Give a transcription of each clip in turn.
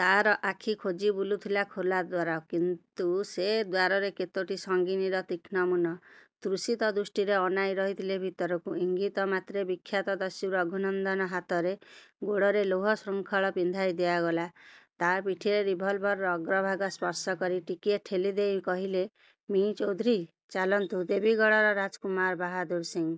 ତା'ର ଆଖି ଖୋଜି ବୁଲୁଥିଲା ଖୋଲା ଦ୍ୱାର। କିନ୍ତୁ ସେ ଦ୍ୱାରରେ କେତୋଟି ସଙ୍ଗୀନର ତୀକ୍ଷ୍ଣ ମୁନ ତୃଷିତ ଦୃଷ୍ଟିରେ ଅନାଇ ରହିଥିଲେ ଭିତରକୁ। ଇଙ୍ଗିତ ମାତ୍ରେ ବିଖ୍ୟାତ ଦସ୍ୟୁ ରଘୁନନ୍ଦନ ହାତରେ, ଗୋଡ଼ରେ ଲୌହ ଶୃଙ୍ଖଳ ପିନ୍ଧାଇ ଦିଆଗଲା। ତା' ପିଠିରେ ରିଭଲଭର୍ର ଅଗ୍ରଭାଗ ସ୍ପର୍ଶ କରି ଟିକିଏ ଠେଲି ଦେଇ କହିଲେ ମି: ଚୌଧୁରୀ-''ଚାଲନ୍ତୁ ଦେବୀଗଡ଼ର ରାଜକୁମାର ବାହାଦୂର ସିଂ!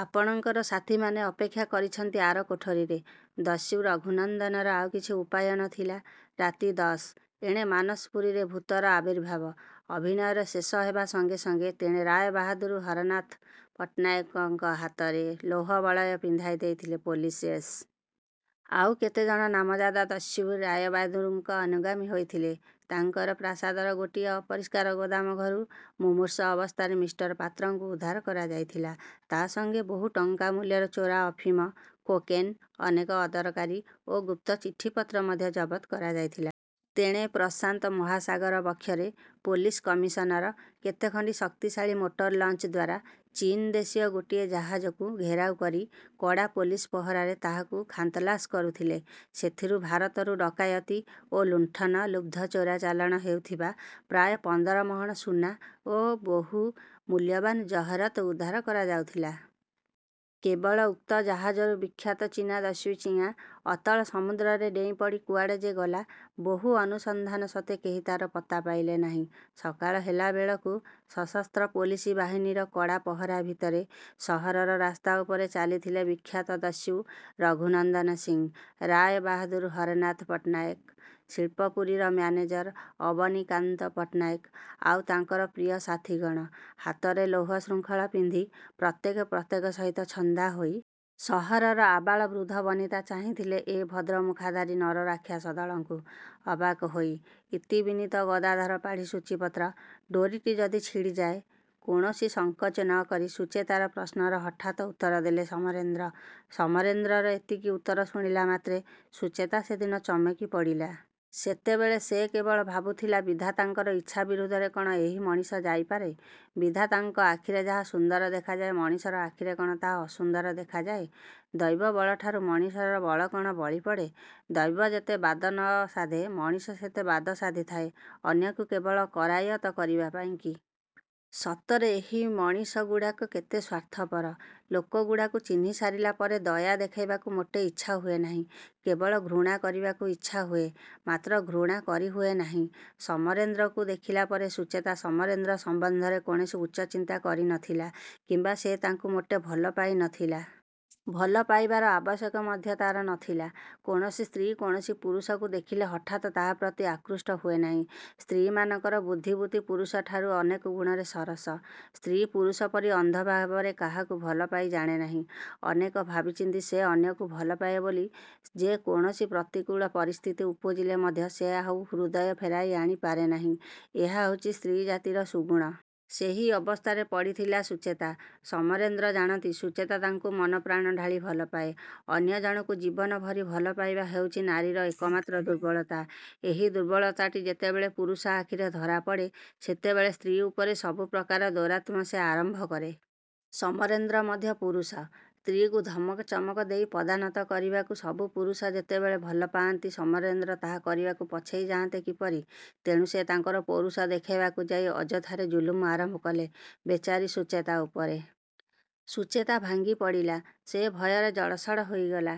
ଆପଣଙ୍କର ସାଥିମାନେ ଅପେକ୍ଷା କରିଛନ୍ତି ଆର କୋଠରୀରେ। '' ଦସ୍ୟୁ ରଘୁନନ୍ଦନର ଆଉ କିଛି ଉପାୟ ନଥିଲା। ରାତି ଦଶ- ଏଣେ ମାନସପୁରୀରେ ଭୂତର ଆବିର୍ଭାବ ଅଭିନୟରେ ଶେଷ ହେବା ସଙ୍ଗେ ସଙ୍ଗେ ତେଣେ ରାୟବାହାଦୂର ହରନାଥ ପଟ୍ଟନାୟକଙ୍କ ହାତରେ ଲୌହ ବଳୟ ପିନ୍ଧାଇଦେଇଥିଲେ ପୋଲିସ ଏସ୍. ପି। ଆଉ କେତେଜଣ ନାମଜାଦା ଦସ୍ୟୁ ରାୟବାହାଦୂରଙ୍କ ଅନୁଗାମୀ ହୋଇଥିଲେ-। ତାଙ୍କର ପ୍ରାସାଦର ଗୋଟାଏ ଅପରିଷ୍କାର ଗୋଦାମ ଘରୁ ମୁମୁର୍ଷୁ ଅବସ୍ଥାରେ ମିଷ୍ଟର ପାତ୍ରଙ୍କୁ ଉଦ୍ଧାର କରାଯାଇଥିଲା। ତା' ସଙ୍ଗେ ବହୁ ଟଙ୍କା ମୂଲ୍ୟର ଚୋରା ଅଫିମ, କୋକେନ୍, ଅନେକ ଦରକାରୀ ଓ ଗୁପ୍ତ ଚିଠି ପତ୍ର ମଧ୍ୟ ଜବଦ୍ କରାଯାଇଥିଲା। ତେଣେ ପ୍ରଶାନ୍ତ ମହାସାଗର ବକ୍ଷରେ ପୋଲିସ କମିଶନର କେତେଖଣ୍ଡି ଶକ୍ତିଶାଳୀ ମୋଟର ଲଞ୍ଚ ଦ୍ୱାରା ଚୀନ୍ ଦେଶୀୟ ଗୋଟାଏ ଜାହାଜକୁ ଘେରାଉ କରି କଡ଼ା ପୋଲିସ ପହରାରେ ତାହାକୁ ଖାନ୍ତଲାସ କରୁଥିଲେ। ସେଥିରୁ ଭାରତରୁ ଡକାୟତୀ ଓ ଲୁଣ୍ଠନ-ଲୁବ୍ଧ ଚୋରା ଚାଲାଣ ହେଉଥିବା ପ୍ରାୟ ପନ୍ଦର ମହଣ ସୁନା ଓ ବହୁ ମୂଲ୍ୟବାନ ଜହରତ୍ ଉଦ୍ଧାର କରାଯାଉଥିଲା। କେବଳ ଉକ୍ତ ଜାହାଜରୁ ବିଖ୍ୟାତ ଚୀନା ଦସ୍ୟୁ ଚିୟାଂ ଅତଳ ସମୁଦ୍ରରେ ଡେଇଁପଡ଼ି କୁଆଡ଼େ ଯେ ଗଲା, ବହୁ ଅନୁସନ୍ଧାନ ସତ୍ୱେ କେହି ତା'ର ପତ୍ତା ପାଇଲେ ନାହିଁ। ସକାଳ ହେଲାବେଳକୁ ସଶସ୍ତ୍ର ପୋଲିସ ବାହିନୀର କଡ଼ା ପହରା ଭିତରେ ସହରର ରାସ୍ତା ଉପରେ ଚାଲିଥିଲେ ବିଖ୍ୟାତ ଦସ୍ୟୁ ରଘୁନନ୍ଦନ ସିଂ, ରାୟବାହାଦୂର ହରନାଥ ପଟ୍ଟନାୟକ, ଶିଳ୍ପପୁରୀର ମ୍ୟାନେଜର ଅବନୀକାନ୍ତ ପଟ୍ଟନାୟକ, ଆଉ ତାଙ୍କର ପ୍ରିୟ ସାଥିଗଣ, ହାତରେ ଲୌହ ଶୃଙ୍ଖଳ ପିନ୍ଧି, ପ୍ରତ୍ୟେକ ପ୍ରତ୍ୟେକ ସହିତ ଛନ୍ଦା ହୋଇ। ସହରର ଆବାଳବୃଦ୍ଧବନିତା ଚାହିଁଥିଲେ ଏ ଭଦ୍ରମୁଖାଧାରୀ ନରରାକ୍ଷସ ଦଳଙ୍କୁ, ଅବାକ୍ ହୋଇ। ଇତି ବିନୀତ ଗଦାଧର ପାଢ଼ୀ ସୂଚୀପତ୍ର '' ''ଡୋରିଟି ଯଦି ଛିଡ଼ିଯାଏ! '' କୌଣସି ସଂକୋଚ ନ କରି ସୁଚେତାର ପ୍ରଶ୍ନର ହଠାତ୍ ଉତ୍ତରଦେଲେ ସମରେନ୍ଦ୍ର। ସମରେନ୍ଦ୍ରର ଏତିକି ଉତ୍ତର ଶୁଣିଲା ମାତ୍ରେ ସୁଚେତା ସେଦିନ ଚମକି ପଡ଼ିଲା। ସେତେବେଳେ ସେ କେବଳ ଭାବୁଥିଲା ବିଧାତାଙ୍କର ଇଚ୍ଛା ବିରୁଦ୍ଧରେ କ'ଣ ଏହି ମଣିଷ ଯାଇପାରେ? ବିଧାତାଙ୍କ ଆଖିରେ ଯାହା ସୁନ୍ଦର ଦେଖାଯାଏ ମଣିଷର ଆଖିରେ କ'ଣ ତାହା ଅସୁନ୍ଦର ଦେଖାଯାଏ? ଦୈବବଳଠାରୁ ମଣିଷର ବଳ କ'ଣ ବଳିପଡ଼େ? ଦୈବ ଯେତେ ବାଦ ନ ସାଧେ ମଣିଷ ସେତେ ବାଦ ସାଧିଥାଏ ଅନ୍ୟକୁ କେବଳ କରାୟତ୍ତ କରିବା ପାଇଁକି? ସତରେ ଏହି ମଣିଷଗୁଡ଼ାକ କେତେ ସ୍ୱାର୍ଥପର। ଲୋକଗୁଡ଼ାକୁ ଚିହ୍ନିସାରିଲା ପରେ ଦୟା ଦେଖେଇବାକୁ ମୋଟେ ଇଚ୍ଛା ହୁଏ ନାହିଁ। କେବଳ ଘୃଣା କରିବାକୁ ଇଚ୍ଛା ହୁଏ ମାତ୍ର ଘୃଣା କରିହୁଏ ନାହିଁ। ସମରେନ୍ଦ୍ରଙ୍କୁ ଦେଖିଲା ପରେ ସୁଚେତା ସମରେନ୍ଦ୍ର ସମ୍ୱନ୍ଧରେ କୌଣସି ଉଚ୍ଚ ଚିନ୍ତା କରି ନ ଥିଲା କିମ୍ୱା ସେ ତାଙ୍କୁ ମୋଟେ ଭଲପାଇ ନ ଥିଲା। ଭଲ ପାଇବାର ଆବଶ୍ୟକ ମଧ୍ୟ ତା'ର ନ ଥିଲା। କୌଣସି ସ୍ତ୍ରୀ କୌଣସି ପୁରୁଷକୁ ଦେଖିଲେ ହଠାତ୍ ତାହା ପ୍ରତି ଆକୃଷ୍ଟ ହୁଏ ନାହିଁ। ସ୍ତ୍ରୀମାନଙ୍କର ବୁଦ୍ଧିବୃତ୍ତି ପୁରୁଷଠାରୁ ଅନେକ ଗୁଣରେ ସରସ। ସ୍ତ୍ରୀ ପୁରୁଷ ପରି ଅନ୍ଧ ଭାବରେ କାହାକୁ ଭଲପାଇ ଜାଣେନାହିଁ। ଅନେକ ଭାବିଚିନ୍ତି ସେ ଅନ୍ୟକୁ ଭଲପାଏ ବୋଲି ଯେ କୌଣସି ପ୍ରତିକୂଳ ପରିସ୍ଥିତି ଉପୁଜିଲେ ମଧ୍ୟ ସେ ଆଉ ହୃଦୟ ଫେରାଇ ଆଣି ପାରେନାହିଁ ଏହା ହେଉଛି ସ୍ତ୍ରୀ ଜାତିର ସୁଗୁଣ। ସେହି ଅବସ୍ଥାରେ ପଡ଼ିଥିଲା ସୁଚେତା। ସମରେନ୍ଦ୍ର ଜାଣନ୍ତି ସୁଚେତା ତାଙ୍କୁ ମନପ୍ରାଣ ଢାଳି ଭଲପାଏ। ଅନ୍ୟ ଜଣକୁ ଜୀବନ ଭରି ଭଲ ପାଇବା ହେଉଛି ନାରୀର ଏକମାତ୍ର ଦୁର୍ବଳତା। ଏହି ଦୁର୍ବଳତାଟି ଯେତେବେଳେ ପୁରୁଷ ଆଖିରେ ଧରାପଡ଼େ, ସେତେବେଳେ ସ୍ତ୍ରୀ ଉପରେ ସବୁପ୍ରକାର ଦୌରାତ୍ମ୍ୟ ସେ ଆରମ୍ଭ କରେ। ସମରେନ୍ଦ୍ର ମଧ୍ୟ ପୁରୁଷ। ସ୍ତ୍ରୀକୁ ଧମକ ଚମକ ଦେଇ ପଦାନତ କରିବାକୁ ସବୁ ପୁରୁଷ ଯେତେବେଳେ ଭଲ ପାଆନ୍ତି ସମରେନ୍ଦ୍ର ତାହା କରିବାକୁ ପଛେଇ ଯାଆନ୍ତେ କିପରି? ତେଣୁ ସେ ତାଙ୍କର ପୌରୁଷ ଦେଖାଇବାକୁ ଯାଇ ଅଯଥାରେ ଜୁଲୁମ ଆରମ୍ଭ କଲେ ବେଚାରୀ ସୁଚେତା ଉପରେ। ସୁଚେତା ଭାଙ୍ଗିପଡ଼ିଲା। ସେ ଭୟରେ ଜଡ଼ସଡ଼ ହୋଇଗଲା।